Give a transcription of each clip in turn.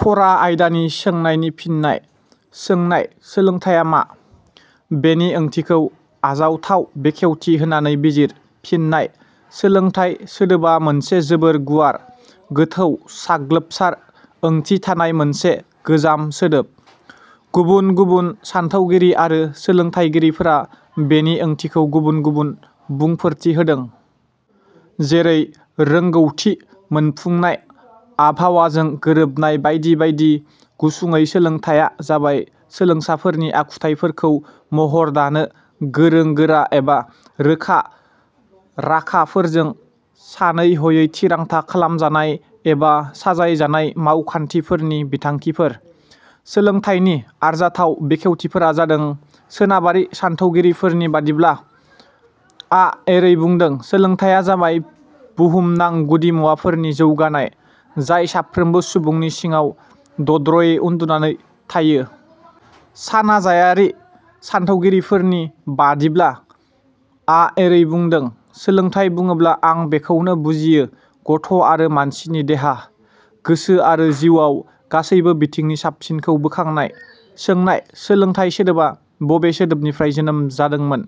फरा आयदानि सोंनायनि फिननाय सोंनाय-.सोलोंथाइया मा? बेनि ओंथिखौ आजावथाव बेखेवथि होनानै बिजिर। फिननाय: सोलोंथाइ सोदोबा मोनसे जोबोर गुवार -गोथौ, साग्लोबसार ओंथि थानाय मोनसे गोजाम सोदोब। गुबुन गुबुन सानथौगिरि आरो सोलोंथाइगिरिफोरा बेनि ओंथिखौ गुबुन गुबुन बुंफोरथि होदों। जेरै-रोंगौथि मोनफुंनाय, आबहावाजों गोरोबनाय, बायदि बायदि। गुसुङै सोलोंथाइया जाबाय, सोलोंसाफोरनि आखुथाइफोरखौ महर दानो गोरों गोरा एबा रोंखा-राखाफोरजों सानै-हयै थिरांथा खालामजानाय एबा साजायजानाय मावखान्थिफोरनि बिथांखिफोर। सोलोंथाइनि आरजाथाव बेखेवथिफोरा जादों- सोनाबारि सानथौगिरिफोरनि बादिब्ला- आ एरै बुदों-" सोलोंथाइया जाबाय बुहुमनां गुदिमुवाफोरनि जौगानाय, जाय साफ्रोमबो सुबुंनि सिङाव दद्रयै उन्दुना थायो। " सानाजायारि सानथौगिरिफोरनि बादिब्ला –.. आ एरै बुंदों-"सोलोंथाइ बुङोब्ला आं बेखौनो बुजियो गथ' आरो मानसिनि देहा, गोसो आरो जिउवाव गासैबो बिथिंनि साबसिनखौ बोखांनाय। " सोंनाय-.सोलोंथाइ सोदोबा बबे सोदोबनिफ्राय जोनोम जादोंमोन?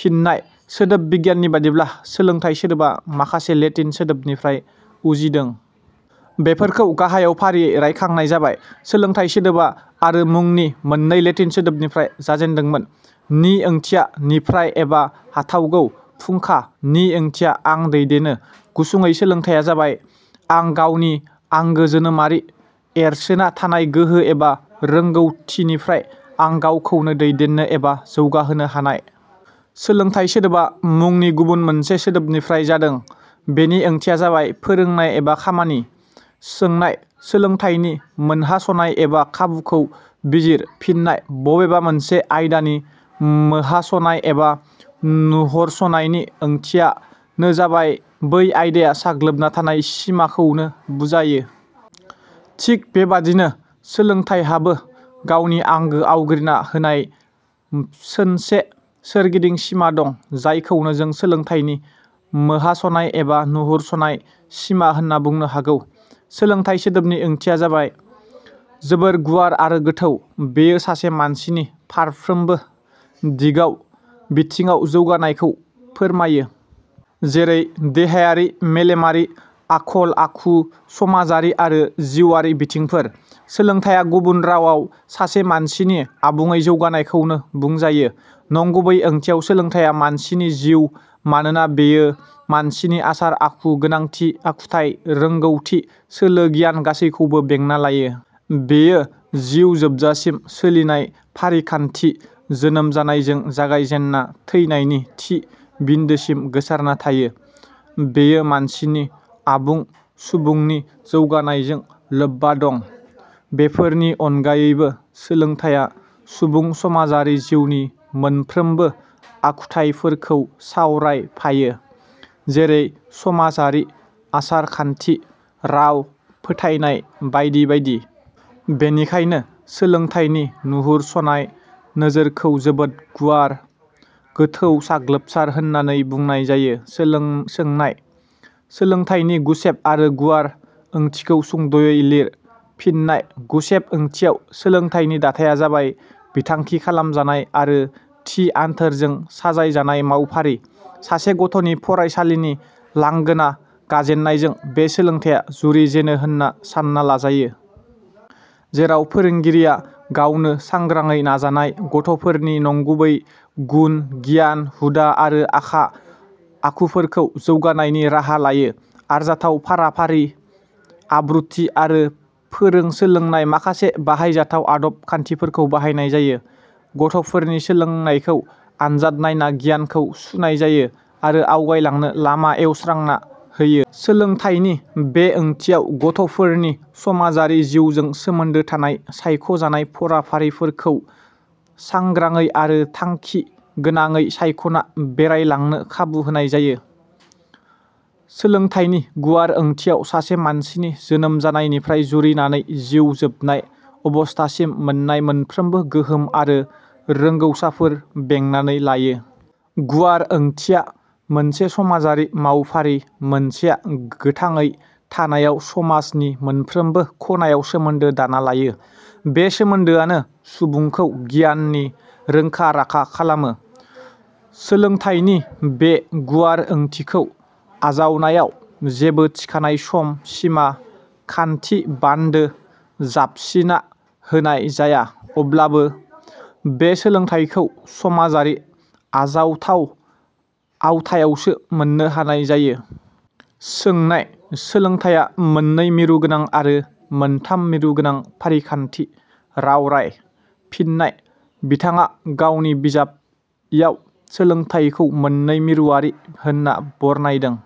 फिन्नाय: सोदोब बिगियाननि बादिब्ला सोलोंथाइ सोदोबा माखासे लेटिन सोदोबनिफ्राय उजिदों। बेफोरखौ गाहायाव फारियै रायखांनाय जाबाय।. सोलोंथाइ सोदोबा '' आरो '' मुंनि मोन्नै लेटिन सोदोबनिफ्राय जाजेदोंमोन। '' नि ओंथिया 'निफ्राय एबा हाथावगौ फुंखा '' नि ओंथिया 'आं दैदेनो '। गुसुडैं, सोलोंथाइया जाबाय आं गावनि आंगो जोनोमारि एरसोना थानाय गोहो एबा रोंगौथिनिफ्राय आं गावखौनो दैदेन्नो एबा जौगाहोनो हानाय।. सोलोंथाइ सोदोबा मुंनि गुबुन मोनसे सोदोबनिफ्राय जादों। बेनि ओंथिया जाबाय- फोरोंनाय एबा खामानि। सोंनाय -. सोलोंथाइनि मोनहासनाय एबा खाबुखौ बिजिर। फिन्नाय: बबेबा मोनसे आयदानि मोहासनाय एबा नुहरस'नायनि ओंथियानो जाबाय बै आयदाया साग्लोबना थानाय सिमाखौनो बुजायो। थिक बेबादिनो सोलोंथाइहाबो गावनि आंगो आवग्रिना होनाय सोनसे सोरगिदिं सिमा दं। जायखौनो जों सोलोंथाइनि मोहासनाय एबा नुहरसनाय सिमा होन्ना बुंनो हागौ। सोलोंथाइ सोदोबनि ओंथिया जोबोर गुवार आरो गोथौ। बेयो सासे मानसिनि फारफ्रोमबो दिगाव बिथिङाव जौगानायखौ फोरमायो। जेरै -देहायारि, मेलेमारि, आखल आखु, समाजारि आरो जिउवारि बिथिंफोर। सोलोंथाइया गुबुन राआव सासे मानसिनि आबुङै जौगानायखौनो बुजायो। नंगुबै ओंथियाव सोलोंथाइया मानसिनि जिउ, मानोना बेयो मानसिनि आसार आखु, गोनांथि आखुथाइ, रोंगौथि, सोलो -गियान गासैखौबो बेंना लायो। बेयो जिउ जोबजासिम सोलिनाय फारिखान्थि। जोनोम जानायजों जागायजेन्ना थैनायनि थि बिन्दोसिम गोसारना थायो। बेयो मानसिनि आबुं सुबुंनि जौगानायजों लोबबा दं। बेफोरनि अनगायैबो सोलोंथाइया सुबुं समाजारि जिउनि मोनफ्रोमबो आखुथाइफोरखौ सावरायफायो। जेरै – समाजारि आसार-खान्थि, राव, फोथायनाय बायदि बायदि। बेनिखायनो सोलोंथाइनि नुहरसनाय नोजोरखौ जोबोद गुवार-गोथौ, साग्लोबसार होननानै बुंनाय जायो। सोंनाय-. सोलोंथाइनि गुसेब आरो गुवार ओंथिखौ सुंद'यै लिर। फिन्नाय: गुसेब ओंथियाव सोलोंथाइनि दाथाया जाबाय बिथांखि खालामजानाय आरो थि आनथोरजों साजायजानाय मावफारि। सासे गथ'नि फरायसालिनि लांगोना गाजेन्नायजों बे सोलोंथाइया जुरि जेनो होन्ना सान्ना लाजायो। जेराव फोरोंगिरिया गावनो सांग्रांयै नाजानाय गथ'फोरनि नंगुबै गुन – गियान, हुदा आरो आखा – आखुफोरखौ जौगानायनि राहा लायो। आरजाथाव फराफारि, आब्रुथि आरो फोरों-सोलोंनाय माखासे बाहायजाथाव आदब – खान्थिफोरखौ बाहायनाय जायो। गथ'फोरनि सोलोंनायखौ आनजाद नायना गियानखौ सुनाय जायो आरो आवगायलांनो लामा एवस्रांना होयो। सोलोंथाइनि बे ओंथियाव गथ'फोरनि समाजारि जिउजों सोमोन्दो थानाय सायख 'जानाय फरा फारिफोरखौ सांग्रांडै आरो थांखि गोनाडै सायख'ना बोरायलांनो खाबु होनाय जायो। सोलोंथाइनि गुवार ओंथियाव सासे मानसिनि जोनोम जानायनिफ्राय जुरिनानै जिउ जोबनाय अबस्थासिम मोन्नाय मोनफ्रोमबो गोहोम आरो रोंगौसाफोर बेंनानै लायो। गुवार ओंथिया मोनसे समाजारि मावफारि। मानसिया गोथांडै थानायाव समाजनि मोनफ्रोमबो ख 'नायाव सोमोन्दो दाना लायो। बे सोमोन्दोआनो सुबुंखौ गियाननि, रोंखा-राखा खालामो। सोलोंथाइनि बे गुवार ओंथिखौ आजावनायाव जेबो थिखानाय सम-सिमा, खान्थि -बान्दो जाबसिना होनाय जाया अब्लाबो बे सोलोंथाइखौ समाजारि आजावजाथाव आवथायावसो मोननो हानाय जायो। सोंनाय -. सोलोंथाइया 'मोन्नै मिरुगोनां आरो ' मोन्थाम मिरुगोनां' फारिखान्थि रावराय। फिन्नाय: बिथाङा गावनि बिजाब '' याव सोलोंथाइखौ मोन्नै मिरुआरि होनना बरनायदों।